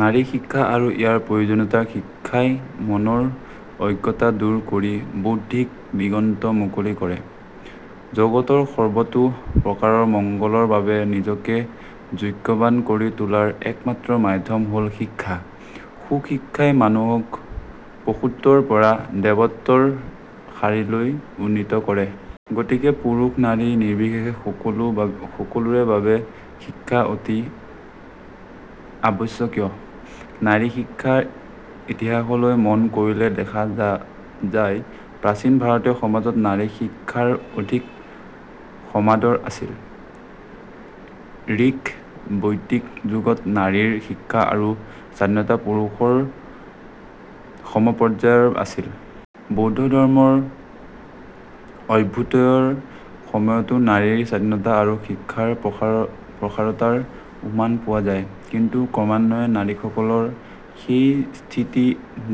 নাৰী শিক্ষা আৰু ইয়াৰ প্ৰয়োজনীয়তা শিক্ষাই মনৰ অজ্ঞতা দূৰ কৰি বৌদ্ধিক দিগন্ত মুকলি কৰে, জগতৰ সৰ্বতো প্ৰকাৰৰ মংগলৰ বাবে নিজকে যোগ্যবান কৰি তোলাৰ একমাত্ৰ মাধ্যম হ'ল শিক্ষা। সু শিক্ষাই মানুহক পশুত্বৰ পৰা দেৱত্বৰ শাৰীলৈ উন্নীত কৰে। গতিকে পুৰুষ-নাৰী নিৰ্বিশেষে সকলোৰে বাবে শিক্ষা অতি আৱশ্যকীয়। নাৰী শিক্ষাৰ ইতিহাসলৈ মন কৰিলে দেখা যায় প্ৰাচীন ভাৰতীয় সমাজত নাৰী শিক্ষাৰ অধিক সমাদৰ আছিল। ঋক্ বৈদিক যুগত নাৰীৰ শিক্ষা আৰু স্বাধীনতা পুৰুষৰ সমপৰ্যায়ৰ আছিল। বৌদ্ধ ধৰ্মৰ অভ্যুদয়ৰ সময়তো নাৰীৰ স্বাধীনতা আৰু শিক্ষাৰ প্ৰসাৰতাৰ উমান পোৱা যায়। কিন্তু ক্ৰমান্বয়ে নাৰীসকলৰ সেই স্থিতি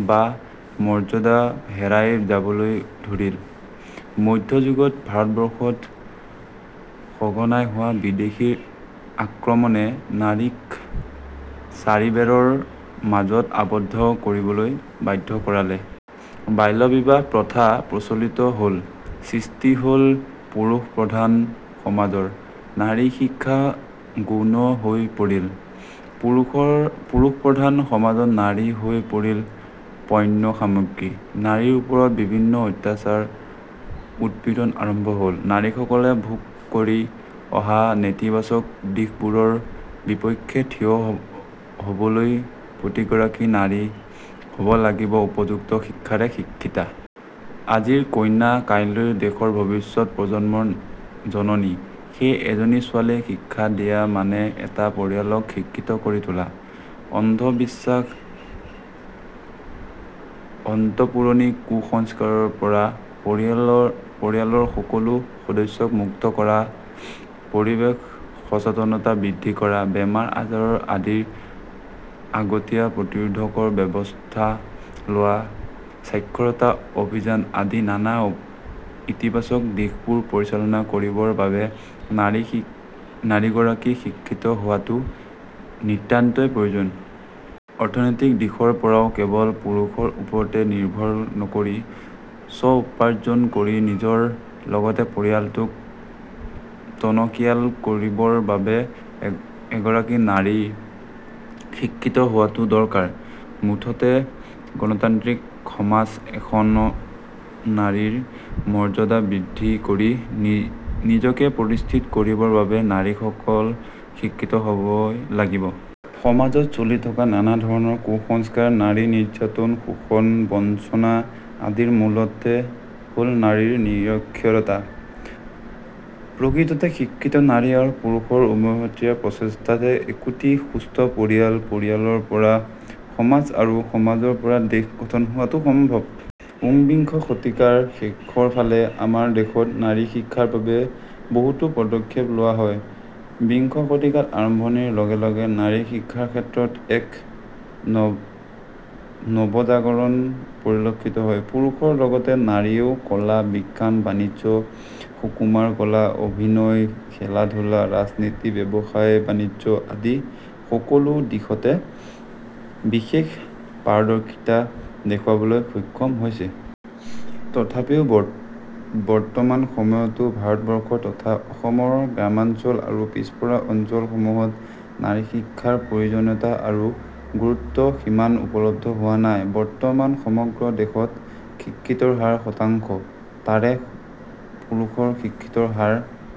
বা মৰ্যদা হেৰাই যাবলৈ ধৰিল। মধ্য যুগত ভাৰতবৰ্ষত সঘনাই হোৱা বিদেশীৰ আক্ৰমণে নাৰীক চাৰিবেৰৰ মাজত আবদ্ধ কৰিবলৈ বাধ্য কৰালে। বাল্যবিবাহ প্ৰথা প্ৰচলিত হ'ল। সৃষ্টি হল পুৰুষ প্ৰধান সমাজৰ। নাৰী শিক্ষা গৌণ হৈ পৰিল। পুৰুষ প্ৰধান সমাজত নাৰী হৈ পৰিল পণ্য সামগ্ৰী। নাৰীৰ ওপৰত বিভিন্ন অত্যাচাৰ উৎপীড়ন আৰম্ভ হল। নাৰীসকলে ভোগ কৰি অহা নেতিবাচক দিশবোৰৰ বিপক্ষে থিয় হ 'বলৈ প্ৰতিগৰাকী নাৰী হব লাগিব উপযুক্ত শিক্ষাৰে শিক্ষিতা। আজিৰ কন্যা কাইলৈ দেশৰ ভৱিষ্যৎ প্ৰজন্মৰ জননী। সেয়ে এজনী ছোৱালীক শিক্ষা দিয়া মানে এটা পৰিয়ালক শিক্ষিত কৰি তোলা। অন্ধ-বিশ্বাস, আওপুৰণি কু-সংস্কাৰৰ পৰা পৰিয়ালৰ সকলো সদস্যক মুক্ত কৰা, পৰিৱেশ সচেতনতা বৃদ্ধি কৰা, বেমাৰ-আজাৰ আদিৰ আগতীয়া প্ৰতিৰোধৰ ব্যৱস্থা লোৱা, সাক্ষৰতা অভিযান আদি নানা ইতিবাচক দিশবোৰ পৰিচালনা কৰিবৰ বাবে নাৰী গৰাকী শিক্ষিত হোৱাটো নিতান্তই প্ৰয়োজন। অৰ্থনৈতিক দিশৰ পৰাও কেৱল পুৰুষৰ ওপৰতে নিৰ্ভৰ নকৰি স্ব-উপাৰ্জন কৰি নিজৰ লগতে পৰিয়ালটোক টনকিয়াল কৰিবৰ বাবে এগৰাকী নাৰী শিক্ষিত হোৱাটো দৰকাৰ। মুঠতে গণতান্ত্ৰিক সমাজ এখনত নাৰীৰ মৰ্মদা বৃদ্ধি কৰি, নিজকে প্ৰতিষ্ঠিত কৰিবৰ বাবে নাৰী সকল শিক্ষিত হবই লাগিব। সমাজত চলি থকা নানা ধৰণৰ কু-সংস্কাৰ, নাৰী নিৰ্যাতন, শোষণ, বঞ্চনা আদিৰ মূলতে হল নাৰীৰ নিৰক্ষৰতা। প্ৰকৃততে শিক্ষিত নাৰী আৰু পুৰুষৰ উমৈহতীয়া প্ৰচেষ্টাতহে একোটি সুস্থ পৰিয়াল, পৰিয়ালৰ পৰা সমাজ আৰু সমাজৰ পৰা দেশ গঠন হোৱাটো সম্ভব। ঊনবিংশ শতিকাৰ শেষৰফালে আমাৰ দেশত নাৰী শিক্ষাৰ বাবে বহুতো পদক্ষেপ লোৱা হয়। বিংশ শতিকাৰ আৰম্ভণিৰ লগে লগে নাৰী শিক্ষাৰ ক্ষেত্ৰত এক নৱজাগৰণ পৰিলক্ষিত হয়। পুৰুষৰ লগতে নাৰীয়েও কলা, বিজ্ঞান, বাণিজ্য, সুকুমাৰ কলা, অভিনয়, খেলা-ধূলা, ৰাজনীতি, ব্যৱসায়-বাণিজ্য আদি সকলো দিশতে বিশেষ পাৰদৰ্শিতা দেখুৱাবলৈ সক্ষম হৈছে। তথাপিও বৰ্তমান সময়তো ভাৰতবৰ্ষ তথা অসমৰ গ্ৰামাঞ্চল আৰু পিছপৰা অঞ্চল সমূহত নাৰী শিক্ষাৰ প্ৰয়োজনীয়তা আৰু গুৰুত্ব সিমান উপলব্ধ হোৱা নাই। বৰ্তমান সমগ্ৰ দেশত শিক্ষিতৰ হাৰ শতাংশ। তাৰে পুৰুষৰ শিক্ষিতৰ হাৰ